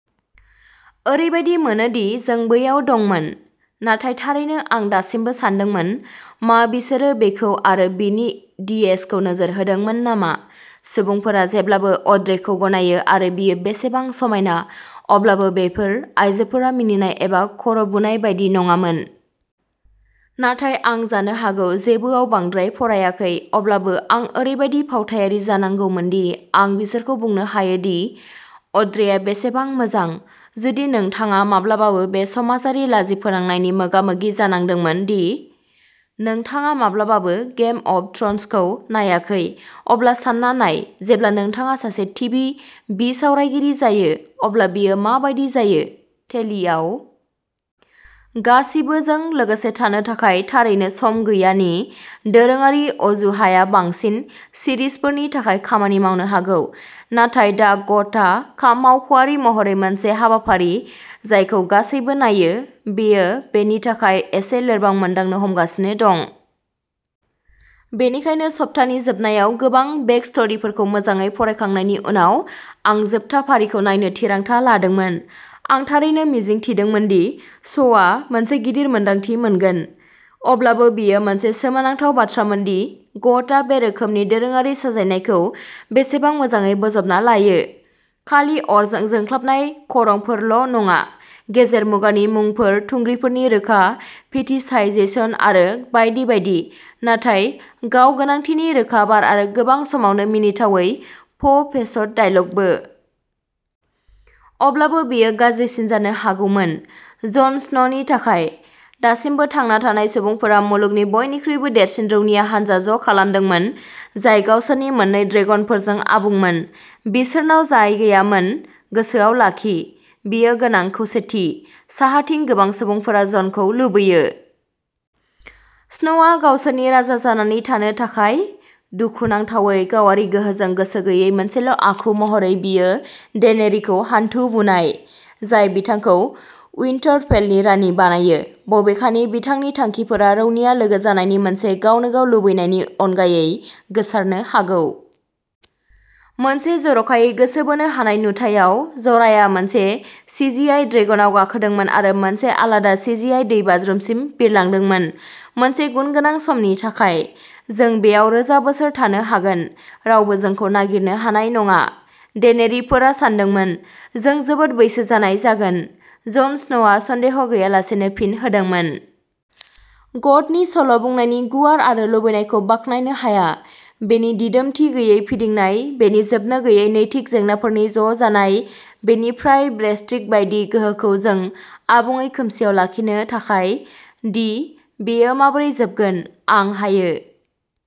ओरैबायदि मोनो दि जों बैयाव दंमोन, नाथाय थारैनो आं दासिमबो सानदोंमोन... मा बिसोरो बिखौ आरो बिनि डिएसखौ नोजोर होदोंमोन नामा? सुबुंफोरा जेब्लाबो अड्रेखौ गनायो आरो बियो बेसेबां समायना, अब्लाबो बेफोर आइजोफोरा मिनिनाय एबा खर'बुनाय बायदि नङामोन... नाथाय आं जानो हागौ जेबोआव बांद्राय फरायाखै। अब्लाबो, आं ओरैबायदि फावथायारि जानांगौमोन दि आं बिसोरखौ बुंनो हायोदि अड्रेआ बेसेबां मोजां! जुदि नोंथाङा माब्लाबाबो बे समाजारि लाजिफोनांनायनि मोगा-मोगि जानांदोंमोन दि नोंथाङा माब्लाबाबो गेम अफ थ्र'न्स खौ नायाखै, अब्ला सानना नाय जेब्ला नोंथाङा सासे टिभि बिसावरायगिरि जायो, अब्ला बेयो मा बायदि जायो।'टेलिआव गासिबोजों लोगोसे थानो थाखाय थारैनो सम गैया'नि दोरोङारि अजुहाया बांसिन सिरिजफोरनि थाखाय खामानि मावनो हागौ। नाथाय दा ग'टआ मावख'आरि महरै मोनसे हाबाफारि जायखौ गासैबो नायो, बेयो बेनि थाखाय एसे लोरबां मोनदांनो हमगासिनो दं। बेनिखायनो, सप्तानि जोबनायाव गोबां बेकस्ट'रिफोरखौ मोजाङै फरायखांनायनि उनाव, आं जोबथा फारिखौ नायनो थिरांथा लादोंमोन। आं थारैनो मिजिं थिदोंमोन दि श'आ मोनसे गिदिर मोनदांथि मोनगोन। अब्लाबो, बेयो मोनसे सोमोनांथाव बाथ्रामोन दि ग'टआ बे रोखोमनि दोरोङारि साजायनायखौ बेसेबां मोजाङै बोजबना लायोः खालि अरजों जोंख्लाबनाय खरंफोरल'नङा, गेजेर मुगानि मुंफोर, थुंग्रिफोरनि रोखा फेटिशाइजेशन आरो बायदि बायदि, नाथाय गाव-गोनांथिनि रोखा बार आरो गोबां समावनो मिनिथावै प'- फेसड डायलगबो। अब्लाबो, बेयो गाज्रिसिन जानो हागौमोन। जन स्न'नि थाखाय, दासिमबो थांना थानाय सुबुंफोरा'मुलुगनि बयनिख्रुइबो देरसिन रौनिया हानजा'ज'खालामदोंमोन, जाय गावसोरनि मोननै ड्रेगनफोरजों आबुंमोन। बिसोरनाव जाय गैयामोन, गोसोआव लाखि, बेयो गोनां खौसेथि। साहाथिंनि गोबां सुबुंफोरा जनखौ लुबैयो। स्नोआ गावसोरनि राजा जानानै थानो थाखाय। दुखुनांथावै, गावारि गोहोजों गोसो गैयै मोनसेल'आखु महरै, बियो डेनेरिखौ'हान्थु बुनाय ', जाय बिथांखौ उइन्टारफेलनि रानि बानायो-बबेखानि बिथांनि थांखिफोरा रौनिया लोगो जानायनि मोनसे गावनोगाव लुबैनायनि अनगायै गोसारनो हागौ। मोनसे जर'खायै गोसो बोनो हानाय नुथायाव, जराया मोनसे सिजिआइ ड्रेगनआव गाखोदोंमोन आरो मोनसे आलादा सिजिआइ दैबाज्रुमसिम बिरलांदोंमोन मोनसे गुनगोनां समनि थाखाय।'जों बेयाव रोजा बोसोर थानो हागोन। रावबो जोंखौ नागिरनो हानाय नङा,'डेनेरिफोरा सानदोंमोन।'जों जोबोद बैसो जानाय जागोन,'जन स्नोआ सन्देह गैयालासेनो फिन होदोंमोन। ग'टनि सल'बुंनायनि गुवार आरो लुबैनायखौ बाख्नायनो हायाः बेनि दिदोमथि गैयै फिदिंनाय, बेनि जोबनो गैयै नैतिक जेंनाफोरनि ज'जानाय, बेनि फ्राय ब्रेक्सिट बायदि गोहोखौ जोंखौ आबुङै खोमसिआव लाखिनो थाखाय दि बेयो माबोरै जोबगोन। आं हायो।